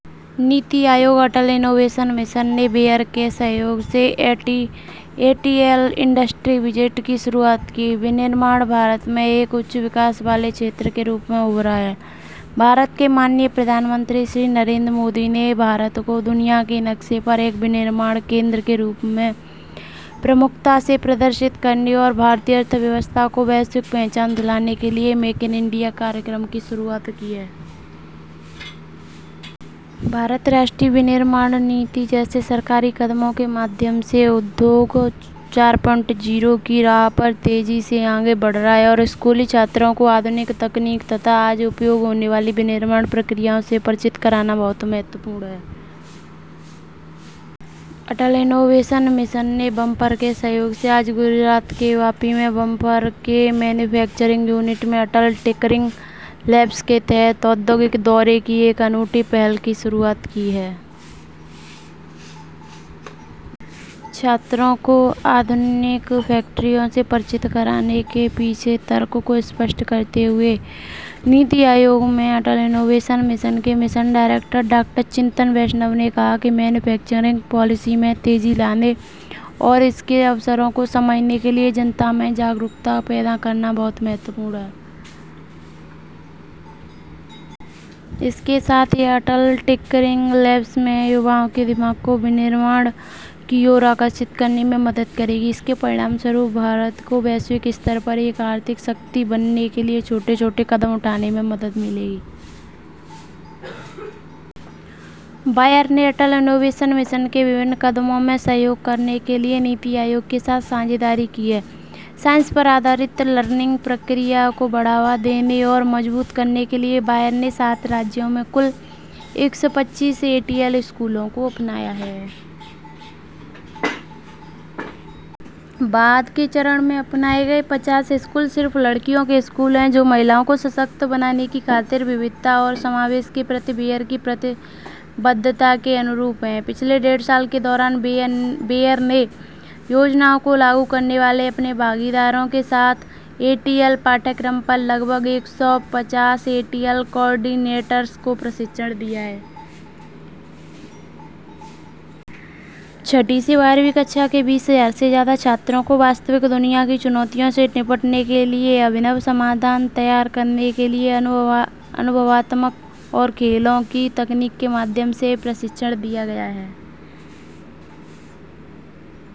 نیتی Aayog, Atal innovation mission نے Bayer کے اشتراک سے ’A T L industry visit‘ کا آغاز کیا۔ مینوفیکچرنگ، بھارت میں ایک اعلیٰ فروغ کے شعبے کے طور پر ابھرا ہے۔ بھارت کے معزز وزیر اعظم جناب نریندر مودی نے بھارت کو دنیا کے نقشے میں ایک مینوفیکچرنگ کے مرکز کے طور پر نمایاں کرنے اور بھارتی معیشت کو عالمی شناخت دلانے کے لیے میک اِن انڈیا پروگرام کا آغاز کیا ہے۔ بھارت، حکومت ہند کے اقدامات جیسے قومی مینوفیکچرنگ پالیسی کے ذریعے صنعت چار اعشاریہ صفر کی راہ پر تیزی سے فروغ پارہا ہے اور اسکولی طلبا کو جدید ٹیکنالوجی اور آج استعمال ہونے والے مینوفیکچرنگ کے پراسیس سے واقف کرانا بہت اہم ہے۔ اٹل انوویشن مشن نے بئیر کے اشتراک سے آج گجرات کے واپی میں بئیر کے مینوفیکچرنگ یونٹ میں اٹل ٹنکرنگ لیبس کے تحت صنعتی دورے کی ایک منفرد پہل کا آغاز کیا ہے۔ طلبا کو جدید فیکٹریوں سے واقف کرانے کے پسِ پشت منطق کی وضاحت کرتے ہوئے نیتی آیوگ میں اٹل انوویشن مشن کے mission director doctor Chintan Vaishnav نے کہا کہ مینوفیکچرنگ پالیسی میں تیزی لانے اور اس کے امکانات کو سمجھنے کے لیے عوام میں بیداری پیدا کرنا بہت اہم ہے۔ بئیر کے ساتھ یہ پہل اٹل ٹنکرنگ لیبس میں نوجوانوں کے ذہنوں کو مینوفیکچرنگ کی طرف راغب کرنے میں مدد کرے گی۔ اس کے نتیجے میں بھارت کو عالمی سطح پر ایک اقتصادی قوت بننے کے لیے چھوٹے چھوٹے اقدامات کرنے میں مدد ملے گی۔ بئیر نے اٹل انوویشن مشن کے مختلف اقدامات میں تعاون کرنے کے لیے نیتی آیوگ کے ساتھ ساجھیداری کی ہے۔ سائنس پر مبنی آموزش کو پروان چڑھانے اور مستحکم کرنے کے لیے بئیر نے سات ریاستوں میں کُل ایک سو پچیس اے ٹی ایل اسکولوں کو اپنایا ہے۔ بعد کے مرحلے میں اپنائے گئے پچاس اسکول صرف لڑکیوں کے اسکول ہیں، جو خواتین کو بااختیار بنانے کی خاطر تنوع اور شمولیت کے تئیں بئیر کے عہد سے مطابقت رکھتے ہیں۔ پچھلے ڈیڑھ سال کے دوران بئیر نے اسکیموں کو نافذ کرنے والے اپنے ساجھیداروں کے ساتھ اے ٹی ایل نصاب پر تقریباً ایک سو پچاس اے ٹی ایل کوآرڈینیٹرز کو تربیت دی ہے۔ چھٹی سے بارہویں جماعت کے بیس ہزار سے زیادہ طلبا کو حقیقی دنیا کے چیلنجوں سے نمٹنے کے لیے اختراعی حل تیار کرنے کے لیے تجرباتی اور کھیلوں کی ٹیکنالوجی کے ذریعے تربیت دی گئی ہے۔